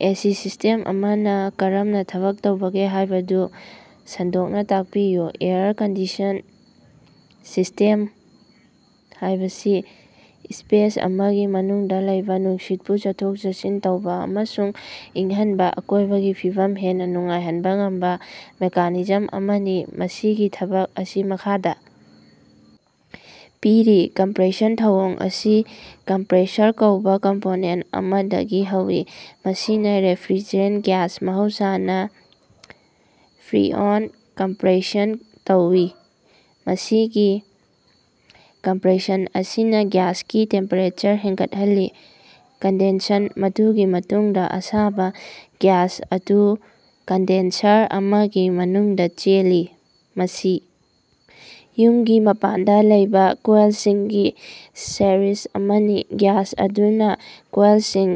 AC system ꯑꯃꯅ ꯀꯔꯝꯅ ꯊꯕꯛ ꯇꯧꯕꯒꯦ ꯍꯥꯏꯕꯗꯨ ꯁꯟꯗꯣꯛꯅ ꯇꯥꯛꯄꯤꯌꯨ꯫ ꯑꯦꯌꯔ ꯀꯟꯗꯤꯁꯟ ꯁꯤꯁ꯭ꯇꯦꯝ ꯍꯥꯏꯕꯁꯤ ꯁ꯭ꯄꯦꯁ ꯑꯃꯒꯤ ꯃꯅꯨꯡꯗ ꯂꯩꯕ ꯅꯨꯡꯁꯤꯠꯄꯨ ꯆꯠꯊꯣꯛ-ꯆꯠꯁꯤꯟ ꯇꯧꯕ ꯑꯃꯁꯨꯡ ꯏꯪꯍꯟꯕ, ꯑꯀꯣꯏꯕꯒꯤ ꯐꯤꯕꯝ ꯍꯦꯟꯅ ꯅꯨꯡꯉꯥꯏꯍꯟꯕ ꯉꯝꯕ ꯃꯦꯀꯥꯅꯤꯖꯝ ꯑꯃꯅꯤ꯫ ꯃꯁꯤꯒꯤ ꯊꯕꯛ ꯑꯁꯤ ꯃꯈꯥꯗ ꯄꯤꯔꯤ ꯀꯝꯄ꯭ꯔꯦꯁꯟ ꯊꯧꯑꯣꯡ ꯑꯁꯤ ꯀꯝꯄ꯭ꯔꯦꯁꯔ ꯀꯧꯕ ꯀꯝꯄꯣꯅꯦꯟꯇ ꯑꯃꯗꯒꯤ ꯍꯧꯏ꯫ ꯃꯁꯤꯅ ꯔꯦꯐ꯭ꯔꯤꯖꯔꯦꯟꯇ ꯒ꯭ꯌꯥꯁ (ꯃꯍꯧꯁꯥꯅ ꯐ꯭ꯔꯤꯑꯣꯟ) ꯀꯝꯄ꯭ꯔꯦꯁꯟ ꯇꯧꯏ꯫ ꯃꯁꯤꯒꯤ ꯀꯝꯄ꯭ꯔꯦꯁꯟ ꯑꯁꯤꯅ ꯒ꯭ꯌꯥꯁꯀꯤ ꯇꯦꯝꯄꯦꯔꯦꯆꯔ ꯍꯦꯟꯒꯠꯍꯜꯂꯤ꯫ ꯀꯟꯗꯦꯟꯁꯟ ꯃꯗꯨꯒꯤ ꯃꯇꯨꯡꯗ ꯑꯁꯥꯕ ꯒ꯭ꯌꯥꯁ ꯑꯗꯨ ꯀꯟꯗꯦꯟꯁꯔ ꯑꯃꯒꯤ ꯃꯅꯨꯡꯗ ꯆꯦꯜꯂꯤ꯫ ꯃꯁꯤ ꯌꯨꯝꯒꯤ ꯃꯄꯥꯟꯗ ꯂꯩꯕ ꯀꯣꯏꯜꯁꯤꯡꯒꯤ ꯁꯦꯔꯤꯖ ꯑꯃꯅꯤ꯫ ꯒ꯭ꯌꯥꯁ ꯑꯗꯨꯅ ꯀꯣꯏꯜꯁꯤꯡ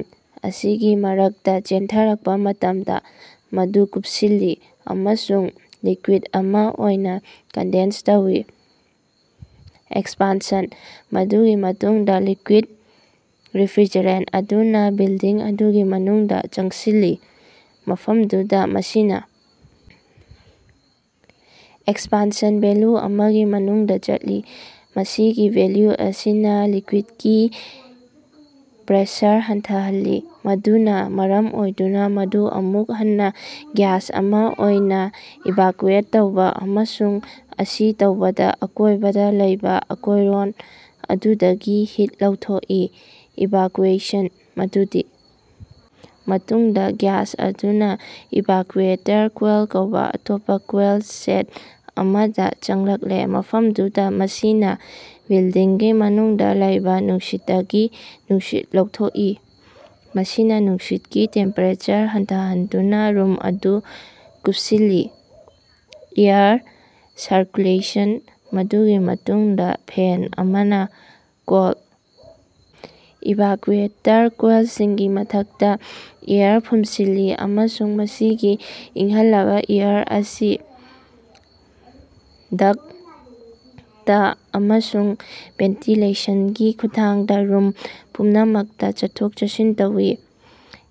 ꯑꯁꯤꯒꯤ ꯃꯔꯛꯇ ꯆꯦꯟꯊꯔꯛꯄ ꯃꯇꯝꯗ ꯃꯗꯨ ꯀꯨꯞꯁꯤꯜꯂꯤ ꯑꯃꯁꯨꯡ ꯂꯤꯀꯨꯏꯗ ꯑꯃ ꯑꯣꯏꯅ ꯀꯟꯗꯦꯟꯁ ꯇꯧꯏ꯫ ꯑꯦꯛꯁꯄꯥꯟꯁꯟ: ꯃꯗꯨꯒꯤ ꯃꯇꯨꯡꯗ ꯂꯤꯀꯨꯏꯗ ꯔꯦꯐ꯭ꯔꯤꯖꯔꯦꯟꯇ ꯑꯗꯨꯅ ꯕꯤꯜꯗꯤꯡ ꯑꯗꯨꯒꯤ ꯃꯅꯨꯡꯗ ꯆꯪꯁꯤꯜꯂꯤ꯫ ꯃꯐꯝꯗꯨꯗ ꯃꯁꯤꯅ ꯑꯦꯛꯁꯄꯥꯟꯁꯟ ꯚꯦꯜꯂ꯭ꯌꯨ ꯑꯃꯒꯤ ꯃꯅꯨꯡꯗ ꯆꯠꯂꯤ꯫ ꯃꯁꯤꯒꯤ ꯚꯦꯜꯂ꯭ꯌꯨ ꯑꯁꯤꯅ ꯂꯤꯀꯨꯏꯗꯀꯤ ꯄ꯭ꯔꯦꯁꯔ ꯍꯟꯊꯍꯜꯂꯤ꯫ ꯃꯗꯨꯅ ꯃꯔꯝ ꯑꯣꯏꯗꯨꯅ ꯃꯗꯨ ꯑꯃꯨꯛ ꯍꯟꯅ ꯒ꯭ꯌꯥꯁ ꯑꯃ ꯑꯣꯏꯅ ꯏꯚꯥꯀ꯭ꯌꯨꯑꯦꯠ ꯇꯧꯏ ꯑꯃꯁꯨꯡ ꯃꯁꯤ ꯇꯧꯕꯗ ꯑꯀꯣꯏꯕꯗ ꯂꯩꯕ ꯑꯀꯣꯏꯔꯣꯟ ꯑꯗꯨꯗꯒꯤ ꯍꯤꯠ ꯂꯧꯊꯣꯛꯏ꯫ ꯏꯚꯥꯀ꯭ꯌꯨꯑꯦꯁꯟ: ꯃꯗꯨꯗꯤ ꯃꯇꯨꯡꯗ ꯒ꯭ꯌꯥꯁ ꯑꯗꯨꯅ꯭ ꯏꯚꯥꯀ꯭ꯌꯨꯑꯦꯇꯔ ꯀꯣꯏꯜ ꯀꯧꯕ ꯑꯇꯣꯞꯄ ꯀꯣꯏꯜ ꯁꯦꯠ ꯑꯃꯗ ꯆꯪꯂꯛꯏ꯫ ꯃꯐꯝꯗꯨꯗ ꯃꯁꯤꯅ ꯕꯤꯜꯗꯤꯡꯒꯤ ꯃꯅꯨꯡꯗ ꯂꯩꯕ ꯅꯨꯡꯁꯤꯠꯇꯒꯤ ꯅꯨꯡꯁꯤꯠ ꯂꯧꯊꯣꯛꯏ꯫ ꯃꯁꯤꯅ ꯅꯨꯡꯁꯤꯠꯀꯤ ꯇꯦꯝꯄꯦꯔꯦꯆꯔ ꯍꯟꯊꯍꯟꯗꯨꯅ ꯔꯨꯝ ꯑꯗꯨ ꯀꯨꯞꯁꯤꯜꯂꯤ꯫ ꯑꯦꯌꯔ ꯁꯔꯀ꯭ꯌꯨꯂꯦꯁꯟ: ꯃꯗꯨꯒꯤ ꯃꯇꯨꯡꯗ ꯐꯦꯟ ꯑꯃꯅ ꯀꯣꯜ ꯏꯚꯥꯀ꯭ꯌꯨꯑꯦꯇꯔ ꯀꯣꯏꯜꯁꯤꯡꯒꯤ ꯃꯊꯛꯇ ꯑꯦꯌꯔ ꯐꯨꯝꯖꯤꯜꯂꯤ ꯑꯃꯁꯨꯡ ꯃꯁꯤꯒꯤ ꯏꯪꯍꯜꯂꯕ ꯑꯦꯌꯔ ꯑꯁꯤ ꯗꯛꯇ ꯑꯃꯁꯨꯡ ꯚꯦꯟꯇꯤꯂꯦꯁꯟꯒꯤ ꯈꯨꯠꯊꯥꯡꯗ ꯔꯨꯝ ꯄꯨꯝꯅꯃꯛꯇ ꯆꯠꯊꯣꯛ-ꯆꯠꯁꯤꯟ ꯇꯧꯏ꯫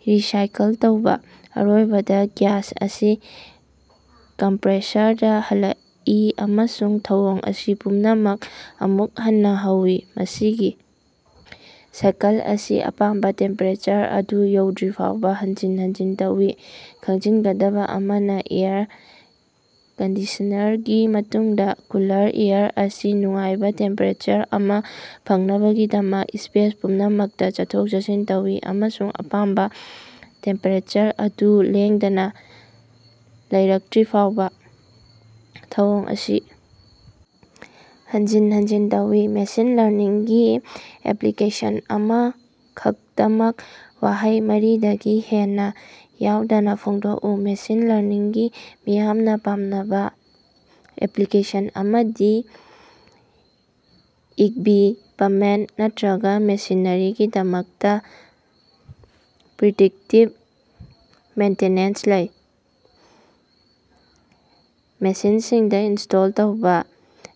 ꯔꯤꯁꯥꯏꯀꯜ ꯇꯧꯕ: ꯑꯔꯣꯏꯕꯗ ꯒ꯭ꯌꯥꯁ ꯑꯁꯤ ꯀꯝꯄ꯭ꯔꯦꯁꯔꯗ ꯍꯜꯂꯛꯏ ꯑꯃꯁꯨꯡ ꯊꯧꯑꯣꯡ ꯑꯁꯤ ꯄꯨꯝꯅꯃꯛ ꯑꯃꯨꯛ ꯍꯟꯅ ꯍꯧꯏ꯫ ꯃꯁꯤꯒꯤ ꯁꯥꯏꯀꯜ ꯑꯁꯤ ꯑꯄꯥꯝꯕ ꯇꯦꯝꯄꯦꯔꯦꯆꯔ ꯑꯗꯨ ꯌꯧꯔꯛꯇ꯭ꯔꯤꯐꯥꯎꯕ ꯍꯟꯖꯤꯟ -ꯍꯟꯖꯤꯟ ꯇꯧꯏ꯫ ꯈꯪꯖꯤꯟꯒꯗꯕ ꯑꯃꯅ, ꯑꯦꯌꯔ ꯀꯟꯗꯤꯁꯟꯅꯔꯒꯤ ꯃꯇꯨꯡꯗ ꯀꯨꯂꯔ ꯑꯦꯌꯔ ꯑꯁꯤ ꯅꯨꯡꯉꯥꯏꯕ ꯇꯦꯝꯄꯦꯔꯦꯆꯔ ꯑꯃ ꯐꯪꯅꯕꯒꯤꯗꯃꯛ ꯁ꯭ꯄꯦꯁ ꯄꯨꯝꯅꯃꯛꯇ ꯆꯠꯊꯣꯛ-ꯆꯠꯁꯤꯟ ꯇꯧꯏ ꯑꯃꯁꯨꯡ ꯑꯄꯥꯝꯕ ꯇꯦꯝꯄꯦꯔꯦꯆꯔ ꯑꯗꯨ ꯂꯦꯡꯗꯅ ꯂꯩꯔꯛꯇ꯭ꯔꯤꯐꯥꯎꯕ ꯊꯧꯑꯣꯡ ꯑꯁꯤ ꯍꯟꯖꯤꯟ -ꯍꯟꯖꯤꯟ ꯇꯧꯏ꯫ ꯃꯦꯁꯤꯟ ꯂꯔꯅꯤꯡꯒꯤ ꯑꯦꯞꯂꯤꯀꯦꯁꯟ ꯑꯃꯈꯛꯇꯃꯛ ꯋꯥꯍꯩ ꯃꯔꯤꯗꯒꯤ ꯍꯦꯟꯅ ꯌꯥꯎꯗꯅ ꯐꯣꯡꯗꯣꯛꯎ꯫ ꯃꯦꯁꯤꯟ ꯂꯔꯅꯤꯡꯒꯤ ꯃꯤꯌꯥꯝꯅ ꯄꯥꯝꯅꯕ ꯑꯦꯄ꯭ꯂꯤꯀꯦꯁꯟ ꯑꯃꯗꯤ ꯏꯛꯕꯤꯄꯃꯦꯟꯇ ꯅꯠꯇ꯭ꯔꯒ ꯃꯦꯁꯤꯅꯔꯤꯒꯤꯗꯃꯛꯇ ꯄ꯭ꯔꯤꯗꯤꯛꯇꯤꯚ ꯃꯦꯟꯇꯦꯅꯦꯟꯁꯇ ꯂꯩ꯫ ꯃꯦꯁꯤꯟꯁꯤꯡꯗ ꯏꯟꯁ꯭ꯇꯣꯜ ꯇꯧꯕ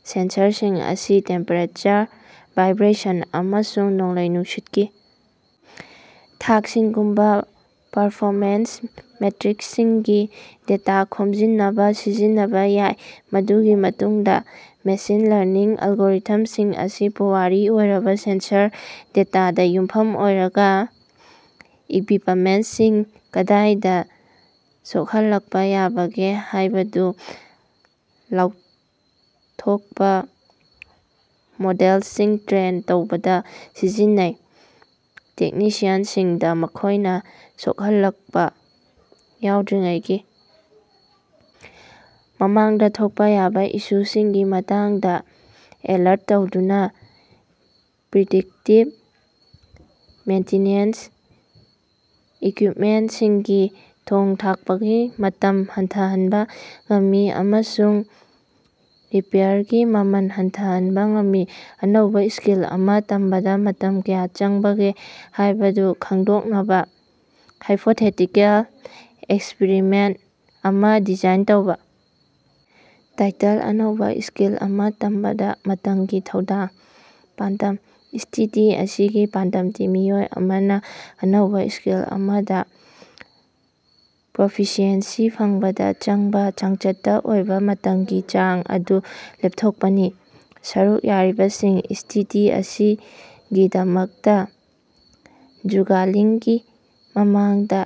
ꯁꯦꯟꯁꯔꯁꯤꯡ ꯑꯁꯤ ꯇꯦꯝꯄꯦꯔꯦꯆꯔ, ꯚꯥꯏꯕ꯭ꯔꯦꯁꯟ ꯑꯃꯁꯨꯡ ꯅꯣꯡꯂꯩ-ꯅꯨꯡꯁꯤꯠꯀꯤ ꯊꯥꯛꯁꯤꯡꯒꯨꯝꯕ ꯄꯔꯐꯣꯃꯦꯟꯁ ꯃꯦꯇ꯭ꯔꯤꯛꯁꯤꯡꯒꯤ ꯗꯦꯇꯥ ꯈꯣꯝꯖꯤꯟꯅꯕ ꯁꯤꯖꯤꯟꯅꯕ ꯌꯥꯏ꯫ ꯃꯗꯨꯒꯤ ꯃꯇꯨꯡꯗ ꯃꯦꯁꯤꯟ ꯂꯔꯅꯤꯡ ꯑꯜꯒꯣꯔꯤꯊꯝꯁꯤꯡ ꯑꯁꯤ ꯄꯨꯋꯥꯔꯤ ꯑꯣꯏꯔꯕ ꯁꯦꯟꯁꯔ ꯗꯦꯇꯥꯗ ꯌꯨꯝꯐꯝ ꯑꯣꯏꯔꯒ ꯏꯛꯕꯤꯄꯃꯦꯟꯇꯁꯤꯡ ꯀꯗꯥꯏꯗ ꯁꯣꯛꯍꯜꯂꯛꯄ ꯌꯥꯕꯒꯦ ꯍꯥꯏꯕꯗꯨ ꯂꯥꯎꯊꯣꯛꯄ ꯃꯣꯗꯦꯜꯁꯤꯡ ꯇ꯭ꯔꯦꯟ ꯇꯧꯕꯗ ꯁꯤꯖꯤꯟꯅꯩ꯫ ꯇꯦꯛꯅꯤꯁꯤꯌꯟꯁꯤꯡꯗ ꯃꯈꯣꯏꯅ ꯁꯣꯛꯍꯜꯂꯛꯄ ꯌꯥꯗ꯭ꯔꯤꯉꯩꯒꯤ ꯃꯃꯥꯡꯗ ꯊꯣꯛꯄ ꯌꯥꯕ ꯏꯁꯨꯁꯤꯡꯒꯤ ꯃꯇꯥꯡꯗ ꯑꯦꯂꯔꯠ ꯇꯧꯗꯨꯅ ꯄ꯭ꯔꯤꯗꯤꯛꯇꯤꯚ ꯃꯦꯟꯇꯤꯅꯦꯟꯁꯅ ꯏꯀ꯭ꯌꯨꯏꯞꯃꯦꯟꯇꯁꯤꯡꯒꯤ ꯊꯣꯡ-ꯊꯥꯛꯄꯒꯤ ꯃꯇꯝ ꯍꯟꯊꯍꯟꯕ ꯉꯝꯃꯤ ꯑꯃꯁꯨꯡ ꯔꯤꯄꯦꯌꯔꯒꯤ ꯃꯃꯜ ꯍꯟꯊꯍꯟꯕ ꯉꯝꯃꯤ꯫ ꯑꯅꯧꯕ ꯁ꯭ꯀꯤꯜ ꯑꯃ ꯇꯝꯕꯗ ꯃꯇꯝ ꯀꯌꯥ ꯆꯪꯕꯒꯦ ꯍꯥꯏꯕꯗꯨ ꯈꯪꯗꯣꯛꯅꯕ ꯍꯥꯏꯄꯣꯊꯦꯇꯤꯀꯜ ꯑꯦꯛꯁꯄꯤꯔꯤꯃꯦꯟꯇ ꯑꯃ ꯗꯤꯖꯥꯏꯟ ꯇꯧꯕ- ꯇꯥꯏꯇꯜ ꯑꯅꯧꯕ ꯁ꯭ꯀꯤꯜ ꯑꯃ ꯇꯝꯕꯗ ꯃꯇꯝꯒꯤ ꯊꯧꯗꯥꯡ ꯄꯥꯟꯗꯝ: ꯁ꯭ꯇꯗꯤ ꯑꯁꯤꯒꯤ ꯄꯥꯟꯗꯝꯗꯤ ꯃꯤꯑꯣꯏ ꯑꯃꯅ ꯑꯅꯧꯕ ꯁ꯭ꯀꯤꯜ ꯑꯃꯗ ꯄ꯭ꯔꯣꯐꯤꯁꯤꯑꯦꯟꯁꯤ ꯐꯪꯕꯗ ꯆꯪꯕ ꯆꯥꯡꯆꯠꯇ ꯑꯣꯏꯕ ꯃꯇꯝꯒꯤ ꯆꯥꯡ ꯑꯗꯨ ꯂꯦꯞꯊꯣꯛꯄꯅꯤ꯫ ꯁꯔꯨꯛ ꯌꯥꯔꯤꯕꯁꯤꯡ: ꯁ꯭ꯇꯗꯤ ꯑꯁꯤꯒꯤꯗꯃꯛꯇ ꯖꯨꯒꯂꯤꯡꯒꯤ ꯃꯃꯥꯡꯗ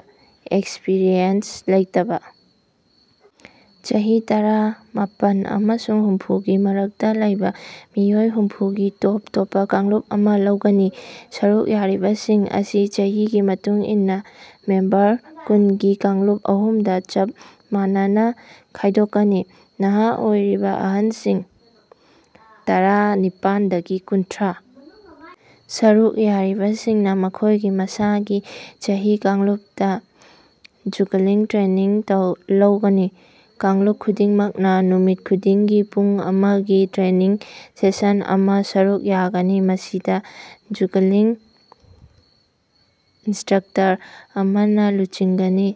ꯑꯦꯛꯁꯄꯤꯔꯤꯌꯦꯟꯁ ꯂꯩꯇꯕ ꯆꯍꯤ ꯇꯔꯥ ꯃꯥꯄꯟ ꯑꯃꯁꯨꯡ ꯍꯨꯝꯐꯨꯒꯤ ꯃꯔꯛꯇ ꯂꯩꯕ ꯃꯤꯑꯣꯏ ꯍꯨꯝꯐꯨꯒꯤ ꯇꯣꯞ -ꯇꯣꯞꯄ ꯀꯥꯡꯂꯨꯞ ꯑꯃ ꯂꯧꯒꯅꯤ꯫ ꯁꯔꯨꯛ ꯌꯥꯔꯤꯕꯁꯤꯡ ꯑꯁꯤ ꯆꯍꯤꯒꯤ ꯃꯇꯨꯡ ꯏꯟꯅ ꯃꯦꯝꯕꯔ ꯀꯨꯟꯒꯤ ꯀꯥꯡꯂꯨꯞ ꯑꯍꯨꯝꯗ ꯆꯞ ꯃꯥꯟꯅꯅ ꯈꯥꯏꯗꯣꯛꯀꯅꯤ꯫ ꯅꯍꯥ ꯑꯣꯏꯔꯤꯕ ꯑꯍꯜꯁꯤꯡ (ꯇꯔꯥ ꯅꯤꯄꯥꯟꯗꯒꯤ ꯀꯨꯟꯊ꯭ꯔꯥ), ꯁꯔꯨꯛ ꯌꯥꯔꯤꯕꯁꯤꯡꯅ ꯃꯈꯣꯏꯒꯤ ꯃꯁꯥꯒꯤ ꯆꯍꯤ ꯀꯥꯡꯂꯨꯞꯇ ꯖꯨꯒꯂꯤꯡ ꯇ꯭ꯔꯦꯅꯤꯡ ꯂꯧꯒꯅꯤ꯫ ꯀꯥꯡꯂꯨꯞ ꯈꯨꯗꯤꯡꯃꯛꯅ ꯅꯨꯃꯤꯠ ꯈꯨꯗꯤꯡꯒꯤ ꯄꯨꯡ ꯑꯃꯒꯤ ꯇ꯭ꯔꯦꯅꯤꯡ ꯁꯦꯁꯟ ꯑꯃ ꯁꯔꯨꯛ ꯌꯥꯒꯅꯤ꯫ ꯃꯁꯤꯗ ꯖꯨꯒꯂꯤꯡ ꯏꯟꯁꯇ꯭ꯔꯛꯇꯔ ꯑꯃꯅ ꯂꯨꯆꯤꯡꯒꯅꯤ꯫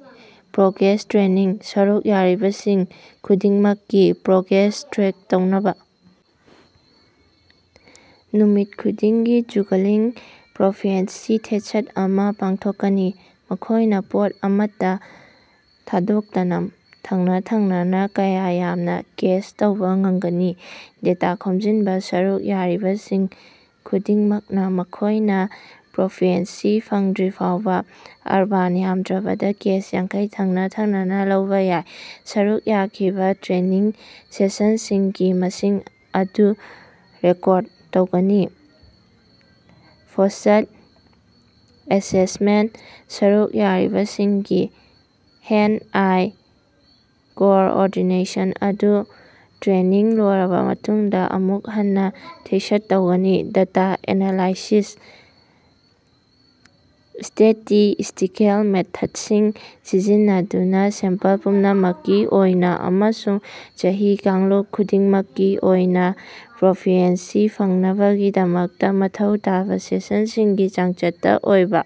ꯄ꯭ꯔꯣꯒ꯭ꯔꯦꯁ ꯇ꯭ꯔꯦꯅꯤꯡ: ꯁꯔꯨꯛ ꯌꯥꯔꯤꯕꯁꯤꯡ ꯈꯨꯗꯤꯡꯃꯛꯀꯤ ꯄ꯭ꯔꯣꯒ꯭ꯔꯦꯁ ꯇ꯭ꯔꯦꯛ ꯇꯧꯅꯕ ꯅꯨꯃꯤꯠ ꯈꯨꯗꯤꯡꯒꯤ ꯖꯨꯒꯂꯤꯡ ꯄ꯭ꯔꯣꯐꯤꯁꯤꯑꯦꯟꯁꯤ ꯇꯦꯁ꯭ꯠ ꯑꯃ ꯄꯥꯡꯊꯣꯛꯀꯅꯤ꯫ ꯃꯈꯣꯏꯅ ꯄꯣꯠ ꯑꯃꯠꯇ ꯊꯥꯗꯣꯛꯇꯅ ꯊꯪꯅ-ꯊꯪꯅꯅ ꯀꯌꯥ ꯌꯥꯝꯅ ꯀꯦꯆ ꯇꯧꯕ ꯉꯝꯒꯅꯤ꯫ ꯗꯦꯇꯥ ꯈꯣꯝꯖꯤꯟꯕ ꯁꯔꯨꯛ ꯌꯥꯔꯤꯕꯁꯤꯡ ꯈꯨꯗꯤꯡꯃꯛꯅ ꯃꯈꯣꯏꯅ ꯄ꯭ꯔꯣꯐꯤꯁꯤꯑꯦꯟꯁꯤ ꯐꯪꯗ꯭ꯔꯤꯐꯥꯎꯕ (ꯑꯔꯕꯥꯟ, ꯌꯥꯝꯗ꯭ꯔꯕꯗ ꯀꯦꯆ ꯌꯥꯡꯈꯩ ꯊꯪꯅ-ꯊꯪꯅꯅ ꯂꯧꯕ ꯌꯥꯕ) ꯁꯔꯨꯛ ꯌꯥꯈꯤꯕ ꯇ꯭ꯔꯦꯅꯤꯡ ꯁꯦꯁꯟꯁꯤꯡꯒꯤ ꯃꯁꯤꯡ ꯑꯗꯨ ꯔꯦꯀꯣꯔꯗ ꯇꯧꯒꯅꯤ꯫ ꯄꯣꯁ꯭ꯠ-ꯑꯦꯁꯦꯁꯃꯦꯟꯇ: ꯁꯔꯨꯛ ꯌꯥꯔꯤꯕꯁꯤꯡꯒꯤ ꯍꯦꯟꯗ-ꯑꯥꯏ ꯀꯣꯑꯣꯔꯗꯤꯅꯦꯁꯟ ꯑꯗꯨ ꯇ꯭ꯔꯦꯅꯤꯡ ꯂꯣꯏꯔꯕ ꯃꯇꯨꯡꯗ ꯑꯃꯨꯛ ꯍꯟꯅ ꯇꯦꯁ꯭ꯠ ꯇꯧꯒꯅꯤ꯫ ꯗꯦꯇꯥ ꯑꯦꯅꯂꯥꯏꯁꯤꯁ: ꯁ꯭ꯇꯦꯇꯤꯁ꯭ꯇꯤꯀꯦꯜ ꯃꯦꯊꯗꯁꯤꯡ ꯁꯤꯖꯤꯟꯅꯗꯨꯅ ꯁꯦꯝꯄꯜ ꯄꯨꯝꯅꯃꯛꯀꯤ ꯑꯣꯏꯅ ꯑꯃꯁꯨꯡ ꯆꯍꯤ ꯀꯥꯡꯂꯨꯞ ꯈꯨꯗꯤꯡꯃꯛꯀꯤ ꯑꯣꯏꯅ ꯄ꯭ꯔꯣꯐꯤꯁꯤꯑꯦꯟꯁꯤ ꯐꯪꯅꯕꯒꯤꯗꯃꯛꯇ ꯃꯊꯧ ꯇꯥꯕ ꯁꯦꯁꯟꯁꯤꯡꯒꯤ ꯆꯥꯡꯆꯠꯇ ꯑꯣꯏꯕ